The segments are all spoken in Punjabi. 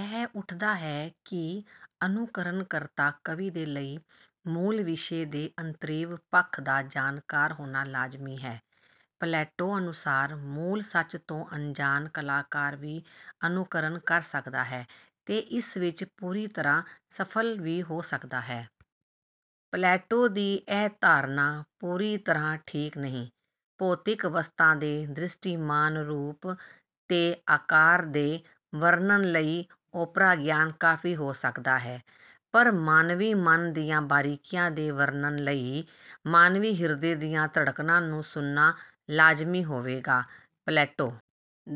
ਇਹ ਉੱਠਦਾ ਹੈ ਕਿ ਅਨੁਕਰਣਕਰਤਾ ਕਵੀ ਦੇ ਲਈ ਮੂਲ ਵਿਸ਼ੇ ਦੇ ਅੰਤਰੀਵ ਪੱਖ ਦਾ ਜਾਣਕਾਰ ਹੋਣਾ ਲਾਜ਼ਮੀ ਹੈ। ਪਲੈਟੋ ਅਨੁਸਾਰ ਮੂਲ ਸੱਚ ਤੋਂ ਅਣਜਾਣ ਕਲਾਕਾਰ ਵੀ ਅਨੁਕਰਣ ਕਰ ਸਕਦਾ ਹੈ ਤੇ ਇਸ ਵਿੱਚ ਪੂਰੀ ਤਰ੍ਹਾਂ ਸਫ਼ਲ ਵੀ ਹੋ ਸਕਦਾ ਹੈ। ਪਲੈਟੋ ਦੀ ਇਹ ਧਾਰਨਾ ਪੂਰੀ ਤਰ੍ਹਾਂ ਠੀਕ ਨਹੀਂ। ਭੌਤਿਕ ਵਸਤਾਂ ਦੇ ਦ੍ਰਿਸ਼ਟੀਮਾਨ ਰੂਪ ਤੇ ਆਕਾਰ ਦੇ ਵਰਣਨ ਲਈ ਓਪਰਾ ਗਿਆਨ ਕਾਫੀ ਹੋ ਸਕਦਾ ਹੈ, ਪਰ ਮਾਨਵੀ ਮਨ ਦੀਆਂ ਬਾਰੀਕੀਆਂ ਦੇ ਵਰਣਨ ਲਈ ਮਾਨਵੀ ਹਿਰਦੇ ਦੀਆਂ ਧੜਕਣਾਂ ਨੂੰ ਸੁਣਨਾ ਲਾਜ਼ਮੀ ਹੋਵੇਗਾ। ਪਲੈਟੋ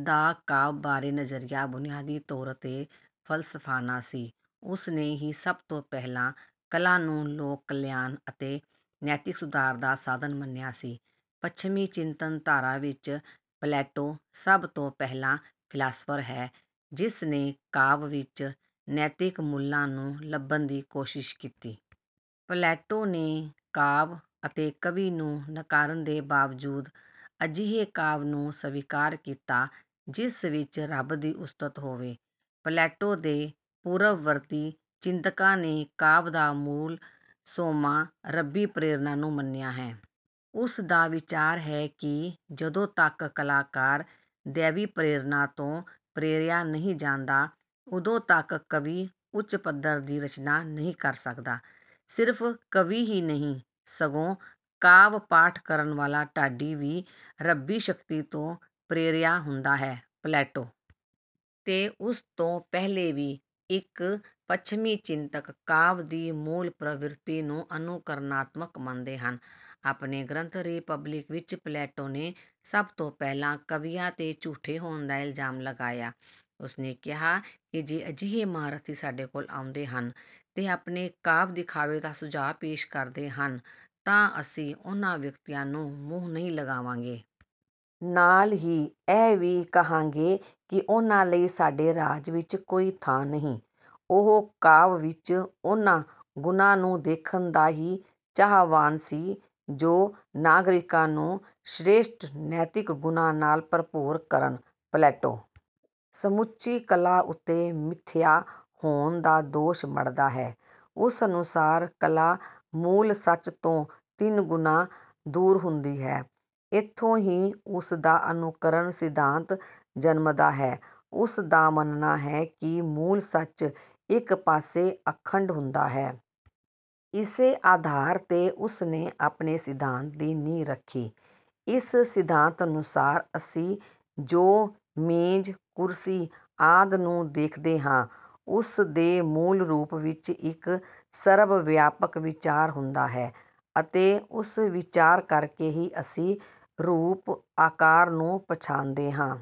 ਦਾ ਕਾਵਿ ਬਾਰੇ ਨਜ਼ਰੀਆ ਬੁਨਿਆਦੀ ਤੌਰ 'ਤੇ ਫ਼ਲਸਫ਼ਾਨਾ ਸੀ। ਉਸ ਨੇ ਹੀ ਸਭ ਤੋਂ ਪਹਿਲਾਂ ਕਲਾ ਨੂੰ ਲੋਕ ਕਲਿਆਣ ਅਤੇ ਨੈਤਿਕ ਸੁਧਾਰ ਦਾ ਸਾਧਨ ਮੰਨਿਆ ਸੀ। ਪੱਛਮੀ ਚਿੰਤਨ ਧਾਰਾ ਵਿੱਚ ਪਲੈਟੋ ਸਭ ਤੋਂ ਪਹਿਲਾਂ ਫ਼ਿਲਾਸਫਰ ਹੈ, ਜਿਸ ਨੇ ਕਾਵਿ ਵਿੱਚ ਨੈਤਿਕ ਮੁੱਲਾਂ ਨੂੰ ਲੱਭਣ ਦੀ ਕੋਸ਼ਿਸ਼ ਕੀਤੀ। ਪਲੈਟੋ ਨੇ ਕਾਵਿ ਅਤੇ ਕਵੀ ਨੂੰ ਨਕਾਰਨ ਦੇ ਬਾਵਜੂਦ ਅਜਿਹੇ ਕਾਵਿ ਨੂੰ ਸਵੀਕਾਰ ਕੀਤਾ ਜਿਸ ਵਿੱਚ ਰੱਬ ਦੀ ਉਸਤਤ ਹੋਵੇ। ਪਲੈਟੋ ਦੇ ਪੂਰਵਵਰਤੀ ਚਿੰਤਕਾਂ ਨੇ ਕਾਵਿ ਦਾ ਮੂਲ ਸੋਮਾ ਰੱਬੀ ਪ੍ਰੇਰਣਾ ਨੂੰ ਮੰਨਿਆ ਹੈ। ਉਸ ਦਾ ਵਿਚਾਰ ਹੈ ਕਿ ਜਦੋਂ ਤੱਕ ਕਲਾਕਾਰ ਦੈਵੀ ਪ੍ਰੇਰਣਾ ਤੋਂ ਪ੍ਰੇਰਿਆ ਨਹੀਂ ਜਾਂਦਾ, ਉਦੋਂ ਤੱਕ ਕਵੀ ਉੱਚ ਪੱਧਰ ਦੀ ਰਚਨਾ ਨਹੀਂ ਕਰ ਸਕਦਾ। ਸਿਰਫ਼ ਕਵੀ ਹੀ ਨਹੀਂ, ਸਗੋਂ ਕਾਵਿ-ਪਾਠ ਕਰਨ ਵਾਲਾ ਢਾਡੀ ਵੀ ਰੱਬੀ ਸ਼ਕਤੀ ਤੋਂ ਪ੍ਰੇਰਿਆ ਹੁੰਦਾ ਹੈ। ਪਲੈਟੋ ਤੇ ਉਸ ਤੋਂ ਪਹਿਲੇ ਵੀ ਇੱਕ ਪੱਛਮੀ ਚਿੰਤਕ ਕਾਵਿ ਦੀ ਮੂਲ ਪ੍ਰਵਿਰਤੀ ਨੂੰ ਅਨੁਕਰਣਾਤਮਕ ਮੰਨਦੇ ਹਨ। ਆਪਣੇ ਗ੍ਰੰਥ 'ਰੀਪਬਲਿਕ' ਵਿੱਚ ਪਲੈਟੋ ਨੇ ਸਭ ਤੋਂ ਪਹਿਲਾਂ ਕਵੀਆਂ 'ਤੇ ਝੂਠੇ ਹੋਣ ਦਾ ਇਲਜ਼ਾਮ ਲਗਾਇਆ। ਉਸ ਨੇ ਕਿਹਾ ਕਿ ਜੇ ਅਜਿਹੇ ਮਹਾਰਥੀ ਸਾਡੇ ਕੋਲ ਆਉਂਦੇ ਹਨ ਤੇ ਆਪਣੇ ਕਾਵਿ ਦਿਖਾਵੇ ਦਾ ਸੁਝਾਅ ਪੇਸ਼ ਕਰਦੇ ਹਨ ਤਾਂ ਅਸੀਂ ਉਨ੍ਹਾਂ ਵਿਅਕਤੀਆਂ ਨੂੰ ਮੂੰਹ ਨਹੀਂ ਲਗਾਵਾਂਗੇ। ਨਾਲ ਹੀ ਇਹ ਵੀ ਕਹਾਂਗੇ ਕਿ ਉਨ੍ਹਾਂ ਲਈ ਸਾਡੇ ਰਾਜ ਵਿੱਚ ਕੋਈ ਥਾਂ ਨਹੀਂ। ਉਹ ਕਾਵਿ ਵਿੱਚ ਉਨ੍ਹਾਂ ਗੁਣਾਂ ਨੂੰ ਦੇਖਣ ਦਾ ਹੀ ਚਾਹਵਾਨ ਸੀ ਜੋ ਨਾਗਰਿਕਾਂ ਨੂੰ ਸ੍ਰੇਸ਼ਟ ਨੈਤਿਕ ਗੁਣਾਂ ਨਾਲ ਭਰਪੂਰ ਕਰਨ। ਪਲੈਟੋ ਸਮੁੱਚੀ ਕਲਾ ਉੱਤੇ ਮਿੱਥਿਆ ਹੋਣ ਦਾ ਦੋਸ਼ ਮੜ੍ਹਦਾ ਹੈ। ਉਸ ਅਨੁਸਾਰ ਕਲਾ ਮੂਲ ਸੱਚ ਤੋਂ ਤਿੰਨ ਗੁਣਾ ਦੂਰ ਹੁੰਦੀ ਹੈ। ਇੱਥੋਂ ਹੀ ਉਸ ਦਾ ਅਨੁਕਰਨ ਸਿਧਾਂਤ ਜਨਮਦਾ ਹੈ। ਉਸ ਦਾ ਮੰਨਣਾ ਹੈ ਕਿ ਮੂਲ ਸੱਚ ਇੱਕ ਪਾਸੇ ਅਖੰਡ ਹੁੰਦਾ ਹੈ। ਇਸੇ ਆਧਾਰ 'ਤੇ ਉਸ ਨੇ ਆਪਣੇ ਸਿਧਾਂਤ ਦੀ ਨੀਂਹ ਰੱਖੀ। ਇਸ ਸਿਧਾਂਤ ਅਨੁਸਾਰ ਅਸੀਂ ਜੋ ਮੇਜ਼, ਕੁਰਸੀ ਆਦਿ ਨੂੰ ਦੇਖਦੇ ਹਾਂ, ਉਸ ਦੇ ਮੂਲ ਰੂਪ ਵਿੱਚ ਇੱਕ ਸਰਬ-ਵਿਆਪਕ ਵਿਚਾਰ ਹੁੰਦਾ ਹੈ ਅਤੇ ਉਸ ਵਿਚਾਰ ਕਰਕੇ ਹੀ ਅਸੀਂ ਰੂਪ-ਆਕਾਰ ਨੂੰ ਪਛਾਣਦੇ ਹਾਂ।